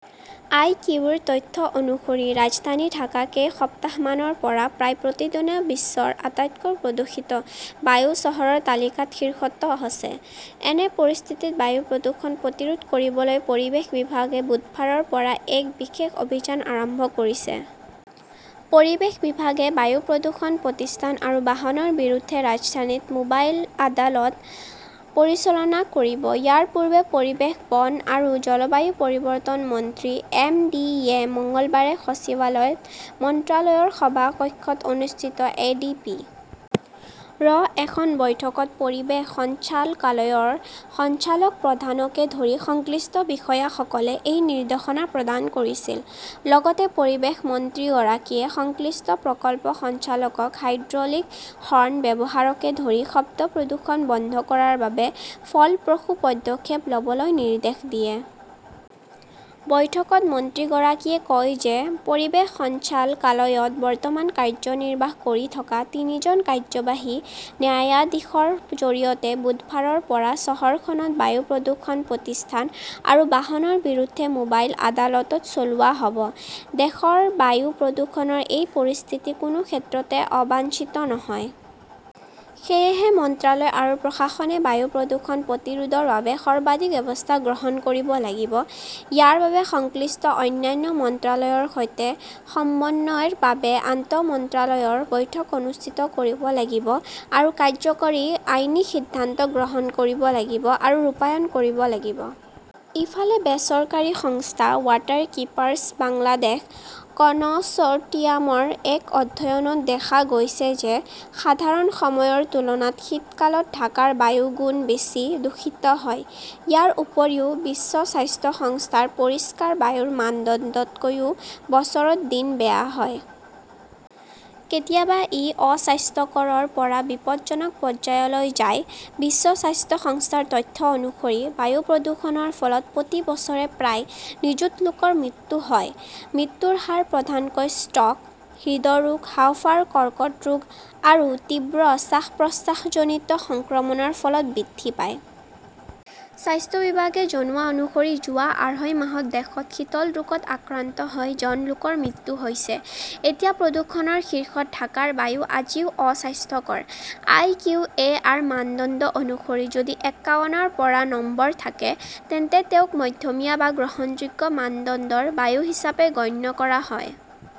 আই. Q. ৰ তথ্য অনুসৰি, ৰাজধানী ঢাকা কেইসপ্তাহমানৰ পৰা প্ৰায় প্ৰতিদিনে বিশ্বৰ আটাইতকৈ প্ৰদূষিত বায়ু চহৰৰ তালিকাত শীৰ্ষত আছে। এনে পৰিস্থিতিত বায়ু প্ৰদূষণ প্ৰতিৰোধ কৰিবলৈ পৰিৱেশ বিভাগে বুধবাৰৰ পৰা এক বিশেষ অভিযান আৰম্ভ কৰিছে। পৰিৱেশ বিভাগে বায়ু প্ৰদূষণ প্ৰতিষ্ঠান আৰু বাহনৰ বিৰুদ্ধে ৰাজধানীত মোবাইল আদালত পৰিচালনা কৰিব। ইয়াৰ পূৰ্বে, পৰিৱেশ, বন আৰু জলবায়ু পৰিৱৰ্তন মন্ত্ৰী এম. ডি. য়ে মঙলবাৰে সচিবালয়ত মন্ত্ৰালয়ৰ সভা কক্ষত অনুষ্ঠিত এ. ডি. পি. ৰ এখন বৈঠকত পৰিৱেশ সঞ্চালকালয়ৰ সঞ্চালক প্ৰধানকে ধৰি সংশ্লিষ্ট বিষয়াসকলক এই নিৰ্দেশনা প্ৰদান কৰিছিল। লগতে পৰিৱেশ মন্ত্ৰীগৰাকীয়ে সংশ্লিষ্ট প্ৰকল্প সঞ্চালকক হাইড্ৰলিক হৰ্ন ব্যৱহাৰকে ধৰি শব্দ প্ৰদূষণ বন্ধ কৰাৰ বাবে ফলপ্ৰসূ পদক্ষেপ ল'বলৈ নিৰ্দেশ দিয়ে। বৈঠকত মন্ত্ৰীগৰাকীয়ে কয় যে, পৰিৱেশ সঞ্চালকালয়ত বৰ্তমান কাৰ্যনিৰ্বাহ কৰি থকা তিনিজন কাৰ্যবাহী ন্যায়াধীশৰ জৰিয়তে বুধবাৰৰ পৰা চহৰখনত বায়ু প্ৰদূষণ প্ৰতিষ্ঠান আৰু বাহনৰ বিৰুদ্ধে মোবাইল আদালত চলোৱা হ'ব। দেশৰ বায়ু প্ৰদূষণৰ এই পৰিস্থিতি কোনো ক্ষেত্ৰতে অবাঞ্ছিত নহয়। সেয়েহে, মন্ত্ৰালয় আৰু প্ৰশাসনে বায়ু প্ৰদূষণ প্ৰতিৰোধৰ বাবে সৰ্বাধিক ব্যৱস্থা গ্ৰহণ কৰিব লাগিব। ইয়াৰ বাবে সংশ্লিষ্ট অন্যান্য মন্ত্ৰালয়ৰ সৈতে সমন্বয়ৰ বাবে আন্তঃ মন্ত্ৰালয়ৰ বৈঠক অনুষ্ঠিত কৰিব লাগিব আৰু কাৰ্যকৰী আইনী সিদ্ধান্ত গ্ৰহণ কৰিব লাগিব আৰু ৰূপায়ণ কৰিব লাগিব। ইফালে, বেচৰকাৰী সংস্থা ৱাটাৰকীপাৰ্ছ বাংলাদেশ কনচৰ্টিয়ামৰ এক অধ্যয়নত দেখা গৈছে যে সাধাৰণ সময়ৰ তুলনাত শীতকালত ঢাকাৰ বায়ু গুণ বেছি দূষিত হয়। ইয়াৰ উপৰিও, বিশ্ব স্বাস্থ্য সংস্থাৰ পৰিষ্কাৰ বায়ুৰ মানদণ্ডতকৈ বছৰত দিন বেয়া হয়। কেতিয়াবা ই অস্বাস্থ্যকৰৰ পৰা বিপদজনক পৰ্যায়লৈ যায়। বিশ্ব স্বাস্থ্য সংস্থাৰ তথ্য অনুসৰি, বায়ু প্ৰদূষণৰ ফলত প্ৰতি বছৰে প্ৰায় নিযুত লোকৰ মৃত্যু হয়। মৃত্যুৰ হাৰ প্ৰধানকৈ ষ্ট্ৰ 'ক, হৃদৰোগ, হাঁওফাঁওৰ কৰ্কট ৰোগ আৰু তীব্ৰ শ্বাস-প্ৰশ্বাসজনিত সংক্ৰমণৰ ফলত বৃদ্ধি পায়। স্বাস্থ্য বিভাগে জনোৱা অনুসৰি যোৱা আঢ়ৈ মাহত দেশত শীতল ৰোগত আক্ৰান্ত হৈ জন লোকৰ মৃত্যু হৈছে। এছিয়া প্ৰদূষণৰ শীৰ্ষত ঢাকাৰ বায়ু আজিও অস্বাস্থ্যকৰ। আই. কিউ. এ. আৰ. মানদণ্ড অনুসৰি, যদি এক্কাৱনৰ পৰা নম্বৰ থাকে তেন্তে তেওঁক মধ্যমীয়া বা গ্ৰহণযোগ্য মানদণ্ডৰ বায়ু হিচাপে গণ্য কৰা হয়।